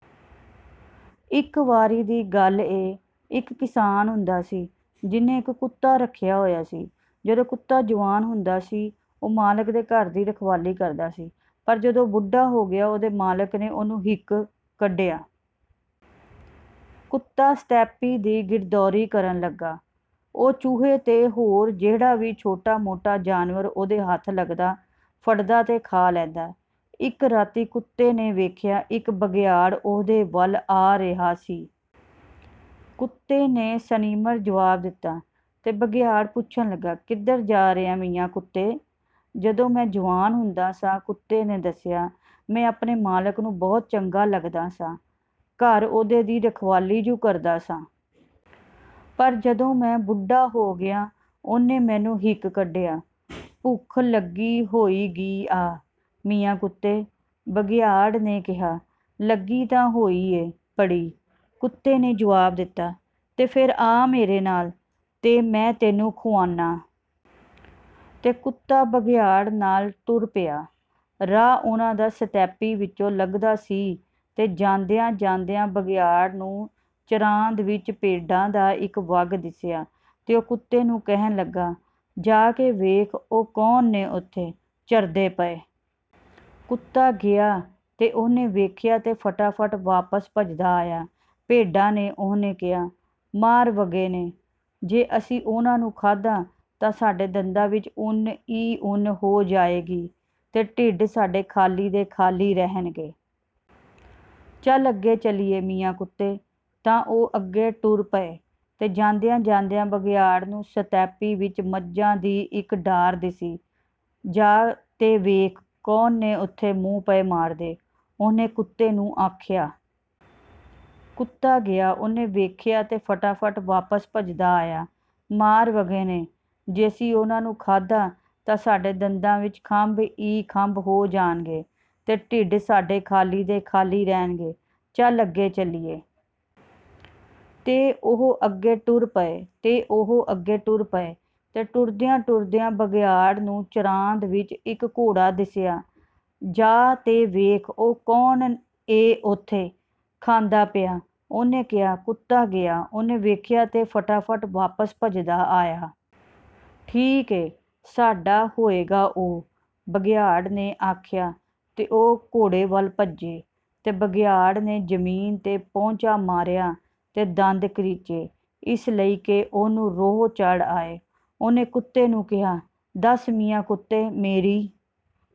ਇੱਕ ਵਾਰੀ ਦੀ ਗੱਲ ਏ, ਇੱਕ ਕਿਸਾਨ ਹੁੰਦਾ ਸੀ, ਜਿਨ੍ਹੇ ਇੱਕ ਕੁੱਤਾ ਰੱਖਿਆ ਹੋਇਆ ਸੀ। ਜਦੋਂ ਕੁੱਤਾ ਜਵਾਨ ਹੁੰਦਾ ਸੀ, ਉਹ ਮਾਲਕ ਦੇ ਘਰ ਦੀ ਰਖਵਾਲੀ ਕਰਦਾ ਸੀ, ਪਰ ਜਦੋਂ ਉਹ ਬੁੱਢਾ ਹੋ ਗਿਆ, ਉਹਦੇ ਮਾਲਕ ਨੇ ਉਹਨੂੰ ਹਿੱਕ ਕੱਢਿਆ। ਕੁੱਤਾ ਸਤੈਪੀ ਦੀ ਗਿਰਦੌਰੀ ਕਰਨ ਲੱਗਾ। ਉਹ ਚੂਹੇ ਤੇ ਹੋਰ ਜਿਹੜਾ ਵੀ ਛੋਟਾ-ਮੋਟਾ ਜਾਨਵਰ ਉਹਦੇ ਹੱਥ ਲੱਗਦਾ, ਫੜਦਾ ਤੇ ਖਾ ਲੈਂਦਾ। ਇੱਕ ਰਾਤੀਂ ਕੁੱਤੇ ਨੇ ਵੇਖਿਆ, ਇੱਕ ਬਘਿਆੜ ਉਹਦੇ ਵੱਲ ਆ ਰਿਹਾ ਸੀ। ਕੁੱਤੇ ਨੇ ਸਨਿਮਰ ਜਵਾਬ ਦਿੱਤਾ, ਤੇ ਬਘਿਆੜ ਪੁੱਛਣ ਲੱਗਾ, "ਕਿੱਧਰ ਜਾ ਰਿਹੈਂ, ਮੀਆਂ ਕੁੱਤੇ?" “ਜਦੋਂ ਮੈਂ ਜਵਾਨ ਹੁੰਦਾ ਸਾਂ,” ਕੁੱਤੇ ਨੇ ਦੱਸਿਆ, “ਮੈਂ ਆਪਣੇ ਮਾਲਕ ਨੂੰ ਬਹੁਤ ਚੰਗਾ ਲੱਗਦਾ ਸਾਂ, ਘਰ ਉਹਦੇ ਦੀ ਰਖਵਾਲੀ ਜੁ ਕਰਦਾ ਸਾਂ। ਪਰ ਜਦੋਂ ਮੈਂ ਬੁੱਢਾ ਹੋ ਗਿਆ, ਉਹਨੇ ਮੈਨੂੰ ਹਿੱਕ ਕੱਢਿਆ।” "ਭੁੱਖ ਲੱਗੀ ਹੋਈਗੀ ਆ, ਮੀਆਂ ਕੁੱਤੇ,” ਬਘਿਆੜ ਨੇ ਕਿਹਾ। “ਲੱਗੀ ਤਾਂ ਹੋਈ ਏ, ਬੜੀ,” ਕੁੱਤੇ ਨੇ ਜਵਾਬ ਦਿੱਤਾ। “ਤਾਂ ਫੇਰ ਆ ਮੇਰੇ ਨਾਲ, ਤੇ ਮੈਂ ਤੈਨੂੰ ਖੁਆਨਾਂ।” ਤੇ ਕੁੱਤਾ ਬਘਿਆੜ ਨਾਲ ਤੁਰ ਪਿਆ। ਰਾਹ ਉਹਨਾਂ ਦਾ ਸਤੈਪੀ ਵਿਚੋਂ ਲੰਘਦਾ ਸੀ ਤੇ ਜਾਂਦਿਆਂ-ਜਾਂਦਿਆਂ ਬਘਿਆੜ ਨੂੰ ਚਰਾਂਦ ਵਿੱਚ ਭੇਡਾਂ ਦਾ ਇੱਕ ਵੱਗ ਦਿਸਿਆ ਤੇ ਉਹ ਕੁੱਤੇ ਨੂੰ ਕਹਿਣ ਲੱਗਾ, “ਜਾ ਤੇ ਵੇਖ, ਉਹ ਕੌਣ ਨੇ ਓਥੇ, ਚਰਦੇ ਪਏ।” ਕੁੱਤਾ ਗਿਆ ਤੇ ਉਹਨੇ ਵੇਖਿਆ ਤੇ ਫਟਾਫਟ ਵਾਪਸ ਭੱਜਦਾ ਆਇਆ। "ਭੇਡਾਂ ਨੇ,” ਉਹਨੇ ਕਿਹਾ। “ਮਾਰ ਵੱਗੇ ਨੇ! ਜੇ ਅਸੀਂ ਉਹਨਾਂ ਨੂੰ ਖਾਧਾ, ਤਾਂ ਸਾਡੇ ਦੰਦਾਂ ’ਚ ਉੱਨ ਈ ਉੱਨ ਹੋ ਜਾਏਗੀ, ਤੇ ਢਿੱਡ ਸਾਡੇ ਖਾਲੀ ਦੇ ਖਾਲੀ ਰਹਿਣਗੇ। ਚਲ ਅੱਗੇ ਚਲੀਏ, ਮੀਆਂ ਕੁੱਤੇ!"ਤੇ ਉਹ ਅੱਗੇ ਟੁਰ ਪਏ, ਤੇ ਜਾਂਦਿਆਂ-ਜਾਂਦਿਆਂ ਬਘਿਆੜ ਨੂੰ ਸਤੈਪੀ ਵਿਚ ਮੱਝਾਂ ਦੀ ਇੱਕ ਡਾਰ ਦਿੱਸੀ। "ਜਾ ਤੇ ਵੇਖ, ਕੌਣ ਨੇ ਓਥੇ, ਮੂੰਹ ਪਏ ਮਾਰਦੇ,” ਉਹਨੇ ਕੁੱਤੇ ਨੂੰ ਆਖਿਆ। ਕੁੱਤਾ ਗਿਆ, ਉਹਨੇ ਵੇਖਿਆ ਤੇ ਫਟਾਫਟ ਵਾਪਸ ਭੱਜਦਾ ਆਇਆ।"ਮਾਰ ਵੱਗੇ ਨੇ! ਜੇ ਅਸੀਂ ਉਹਨਾਂ ਨੂੰ ਖਾਧਾ, ਤਾਂ ਸਾਡੇ ਦੰਦਾਂ ’ਚ ਖੰਭ ਈ ਖੰਭ ਹੋ ਜਾਣਗੇ, ਤੇ ਢਿੱਡ ਸਾਡੇ ਖਾਲੀ ਦੇ ਖਾਲੀ ਰਹਿਣਗੇ। ਚਲ ਅੱਗੇ ਚਲੀਏ!" ਤੇ ਉਹ ਅਗੇ ਟੁਰ ਪਏ, ਤੇ ਉਹ ਅੱਗੇ ਟੁਰ ਪਏ, ਤੇ ਟੁਰਦਿਆਂ-ਟੁਰਦਿਆਂ ਬਘਿਆੜ ਨੂੰ ਚਰਾਂਦ ਵਿੱਚ ਇੱਕ ਘੋੜਾ ਦਿਸਿਆ। “ਜਾ ਤੇ ਵੇਖ, ਉਹ ਕੌਣ ਏ ਓਥੇ, ਖਾਂਦਾ ਪਿਆ,” ਉਹਨੇ ਕਿਹਾ। ਕੁੱਤਾ ਗਿਆ, ਉਹਨੇ ਵੇਖਿਆ ਤੇ ਫਟਾਫਟ ਵਾਪਸ ਭਜਦਾ ਆਇਆ। “ਠੀਕ ਏ, ਸਾਡਾ ਹੋਏਗਾ ਉਹ!” ਬਘਿਆੜ ਨੇ ਆਖਿਆ। ਤੇ ਉਹ ਘੋੜੇ ਵੱਲ ਭੱਜੇ, ਤੇ ਬਘਿਆੜ ਨੇ ਜ਼ਮੀਨ ’ਤੇ ਪੌਂਚਾ ਮਾਰਿਆ ਤੇ ਦੰਦ ਕਰੀਚੇ, ਇਸ ਲਈ ਕਿ ਉਹਨੂੰ ਰੋਹ ਚੜ੍ਹ ਆਏ। ਉਹਨੇ ਕੁੱਤੇ ਨੂੰ ਕਿਹਾ, "ਦੱਸ, ਮੀਆਂ ਕੁੱਤੇ, ਮੇਰੀ